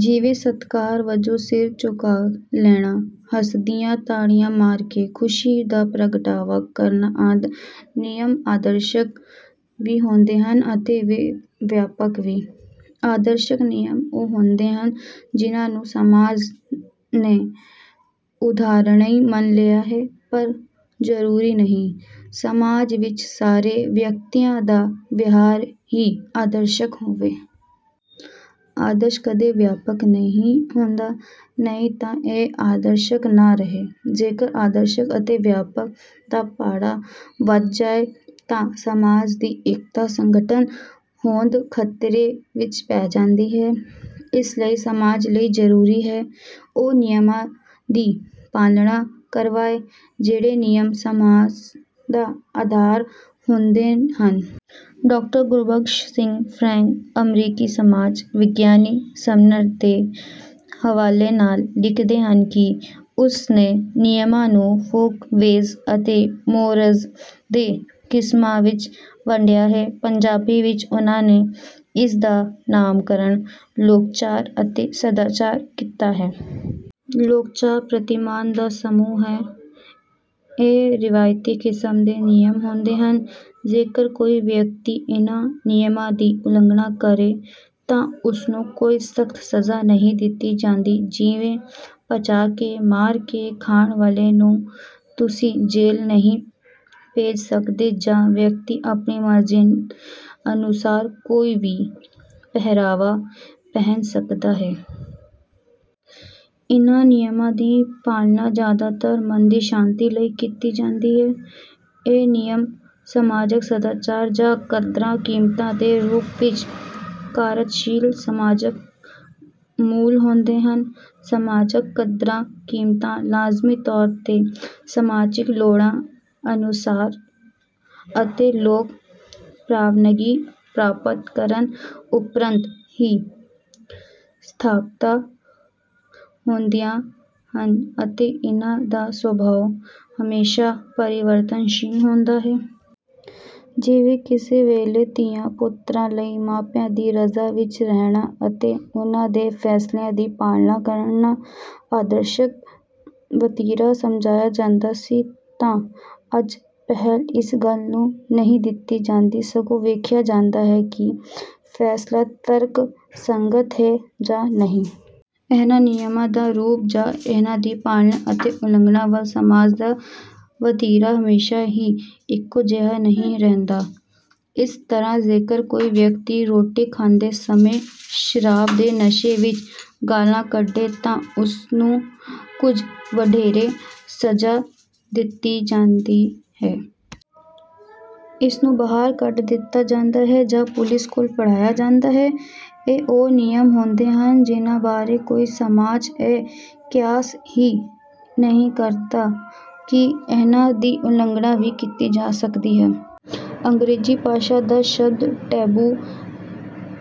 ਜਿਵੇਂ ਸਤਿਕਾਰ ਵਜੋਂ ਸਿਰ ਝੁਕਾ ਲੈਣਾ ਹੱਸਦਿਆਂ ਤਾੜੀ ਮਾਰ ਕੇ ਖੁਸ਼ੀ ਦਾ ਪ੍ਰਗਟਾਵਾ ਕਰਨਾ ਆਦਿ। ਨਿਯਮ ਆਦਰਸ਼ਕ ਵੀ ਹੁੰਦੇ ਹਨ ਅਤੇ ਵਿਆਪਕ ਵੀ। ਆਦਰਸ਼ਕ ਨਿਯਮ ਉਹ ਹੁੰਦੇ ਹਨ ਜਿਨ੍ਹਾਂ ਨੂੰ ਸਮਾਜ ਨੇ ਉਦਾਹਰਣੀ ਮੰਨ ਲਿਆ ਹੈ ਪਰ ਜ਼ਰੂਰੀ ਨਹੀਂ ਸਮਾਜ ਵਿੱਚ ਸਾਰੇ ਵਿਅਕਤੀਆਂ ਦਾ ਵਿਹਾਰ ਹੀ ਆਦਰਸ਼ਕ ਹੋਵੇ। ਆਦਰਸ਼ ਕਦੇ ਵਿਆਪਕ ਨਹੀਂ ਹੁੰਦਾ ਨਹੀਂ ਤਾਂ ਇਹ ਆਦਰਸ਼ਕ ਨਾ ਰਹੇ। ਜੇਕਰ ਆਦਰਸ਼ਕ ਅਤੇ ਵਿਆਪਕ ਦਾ ਪਾੜਾ ਵਧ ਜਾਏ ਤਾਂ ਸਮਾਜ ਦੀ ਏਕਤਾ ਸੰਗਠਨ ਹੋਂਦ ਖ਼ਤਰੇ ਵਿੱਚ ਪੈ ਜਾਂਦੀ ਹੈ। ਇਸ ਲਈ ਸਮਾਜ ਲਈ ਜ਼ਰੂਰੀ ਹੈ ਉਹ ਨਿਯਮਾਂ ਦੀ ਪਾਲਣਾ ਕਰਵਾਏ ਜਿਹੜੇ ਨਿਯਮ ਸਮਾਜ ਦਾ ਆਧਾਰ ਹੁੰਦੇ ਹਨ। ਡਾਕਟਰ ਗੁਰਬਖਸ਼ ਸਿੰਘ ਫਰੈਂਕ ਅਮਰੀਕੀ ਸਮਾਜ ਵਿਗਿਆਨੀ ਸਮਨਰ ਦੇ ਹਵਾਲੇ ਨਾਲ ਲਿਖਦੇ ਹਨ ਕਿ ਉਸ ਨੇ ਨਿਯਮਾਂ ਨੂੰ ਫੋਕਵੇਜ਼ ਅਤੇ ਮੋਰਜ਼ ਦੋ ਕਿਸਮਾਂ ਵਿੱਚ ਵੰਡਿਆ ਹੈ। ਪੰਜਾਬੀ ਵਿੱਚ ਉਨ੍ਹਾਂ ਨੇ ਇਸ ਦਾ ਨਾਮਕਰਣ ਲੋਕਾਚਾਰ ਅਤੇ ਸਦਾਚਾਰ ਕੀਤਾ ਹੈ। ਲੋਕਾਚਾਰ ਪ੍ਰਤਿਮਾਨਾਂ ਦਾ ਸਮੂਹ ਹੈ। ਇਹ ਰਵਾਇਤੀ ਕਿਸਮ ਦੇ ਨਿਯਮ ਹੁੰਦੇ ਹਨ। ਜੇਕਰ ਕੋਈ ਵਿਅਕਤੀ ਇਨ੍ਹਾਂ ਨਿਯਮਾਂ ਦੀ ਉਲੰਘਣਾ ਕਰੇ ਤਾਂ ਉਸ ਨੂੰ ਕੋਈ ਸਖ਼ਤ ਸਜ਼ਾ ਨਹੀਂ ਦਿੱਤੀ ਜਾਂਦੀ ਜਿਵੇਂ ਪਚਾ ਕੇ ਮਾਰ ਕੇ ਖਾਣ ਵਾਲੇ ਨੂੰ ਤੁਸੀਂ ਜੇਲ੍ਹ ਨਹੀਂ ਭੇਜ ਸਕਦੇ ਜਾਂ ਵਿਅਕਤੀ ਆਪਣੀ ਮਰਜ਼ੀ ਅਨੁਸਾਰ ਕੋਈ ਵੀ ਪਹਿਰਾਵਾ ਪਹਿਨ ਸਕਦਾ ਹੈ। ਇਨ੍ਹਾਂ ਨਿਯਮਾਂ ਦੀ ਪਾਲਣਾ ਜ਼ਿਆਦਾਤਰ ਮਨ ਦੀ ਸ਼ਾਂਤੀ ਲਈ ਕੀਤੀ ਜਾਂਦੀ ਹੈ। ਇਹ ਨਿਯਮ ਸਮਾਜਕ ਸਦਾਚਾਰ ਜਾਂ ਕਦਰਾਂ ਕੀਮਤਾਂ ਦੇ ਰੂਪ ਵਿੱਚ ਕਾਰਜਸ਼ੀਲ ਸਮਾਜਕ ਮੁੱਲ ਹੁੰਦੇ ਹਨ। ਸਮਾਜਕ ਕਦਰਾਂ ਕੀਮਤਾਂ ਲਾਜ਼ਮੀ ਤੌਰ ਤੇ ਸਮਾਜਿਕ ਲੋੜਾਂ ਅਨੁਸਾਰ ਅਤੇ ਲੋਕ ਪ੍ਰਵਾਨਗੀ ਪ੍ਰਾਪਤ ਕਰਨ ਉਪਰੰਤ ਹੀ ਸਥਾਪਤ ਹੁੰਦੀਆਂ ਹਨ ਅਤੇ ਇਨ੍ਹਾਂ ਦਾ ਸੁਭਾਅ ਹਮੇਸ਼ਾ ਪਰਿਵਰਤਨਸ਼ੀਲ ਹੁੰਦਾ ਹੈ। ਜਿਵੇਂ ਕਿਸੇ ਵੇਲੇ ਧੀਆਂ ਪੁੱਤਰਾਂ ਲਈ ਮਾਪਿਆਂ ਦੀ ਰਜ਼ਾ ਵਿੱਚ ਰਹਿਣਾ ਅਤੇ ਉਨ੍ਹਾਂ ਦੇ ਫੈਸਲਿਆਂ ਦੀ ਪਾਲਣਾ ਕਰਨਾ ਆਦਰਸ਼ਕ ਵਤੀਰਾ ਸਮਝਿਆ ਜਾਂਦਾ ਸੀ ਤਾਂ ਅੱਜ ਪਹਿਲ ਇਸ ਗੱਲ ਨੂੰ ਨਹੀਂ ਦਿੱਤੀ ਜਾਂਦੀ ਸਗੋਂ ਵੇਖਿਆ ਜਾਂਦਾ ਹੈ ਕਿ ਫੈਸਲਾ ਤਰਕ ਸੰਗਤ ਹੈ ਜਾਂ ਨਹੀਂ। ਇਹਨਾਂ ਨਿਯਮਾਂ ਦਾ ਰੂਪ ਜਾਂ ਇਹਨਾਂ ਦੀ ਪਾਲਣਾ ਅਤੇ ਉਲੰਘਣਾ ਵੱਲ ਸਮਾਜ ਦਾ ਵਤੀਰਾ ਹਮੇਸ਼ਾ ਹੀ ਇੱਕੋ ਜਿਹਾ ਨਹੀਂ ਰਹਿੰਦਾ। ਇਸ ਤਰ੍ਹਾਂ ਜੇਕਰ ਕੋਈ ਵਿਅਕਤੀ ਰੋਟੀ ਖਾਂਦੇ ਸਮੇਂ ਸ਼ਰਾਬ ਦੇ ਨਸ਼ੇ ਵਿੱਚ ਗਾਲ੍ਹਾਂ ਕੱਢੇ ਤਾਂ ਉਸ ਨੂੰ ਕੁਝ ਵਧੇਰੇ ਸਜ਼ਾ ਦਿੱਤੀ ਜਾਂਦੀ ਹੈ। ਉਸ ਨੂੰ ਬਾਹਰ ਕੱਢ ਦਿੱਤਾ ਜਾਂਦਾ ਹੈ ਜਾਂ ਪੁਲਿਸ ਕੋਲ ਫੜਾਇਆ ਜਾਂਦਾ ਹੈ। ਇਹ ਉਹ ਨਿਯਮ ਹੁੰਦੇ ਹਨ ਜਿਨ੍ਹਾਂ ਬਾਰੇ ਕੋਈ ਸਮਾਜ ਇਹ ਕਿਆਸ ਹੀ ਨਹੀਂ ਕਰਦਾ ਕਿ ਇਹਨਾਂ ਦੀ ਉਲੰਘਣਾ ਵੀ ਕੀਤੀ ਜਾ ਸਕਦੀ ਹੈ। ਅੰਗਰੇਜ਼ੀ ਭਾਸ਼ਾ ਦਾ ਸ਼ਬਦ ਟੈਬੂ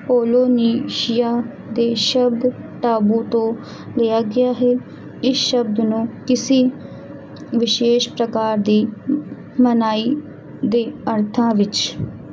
ਪੋਲੀਨੇਸ਼ੀਆ ਦੇ ਸ਼ਬਦ ਟਾਬੂ ਤੋਂ ਲਿਆ ਗਿਆ ਹੈ। ਇਸ ਸ਼ਬਦ ਨੂੰ ਕਿਸੇ ਵਿਸ਼ੇਸ਼ ਪ੍ਰਕਾਰ ਦੀ ਮਨਾਹੀ ਦੇ ਅਰਥਾਂ ਵਿੱਚ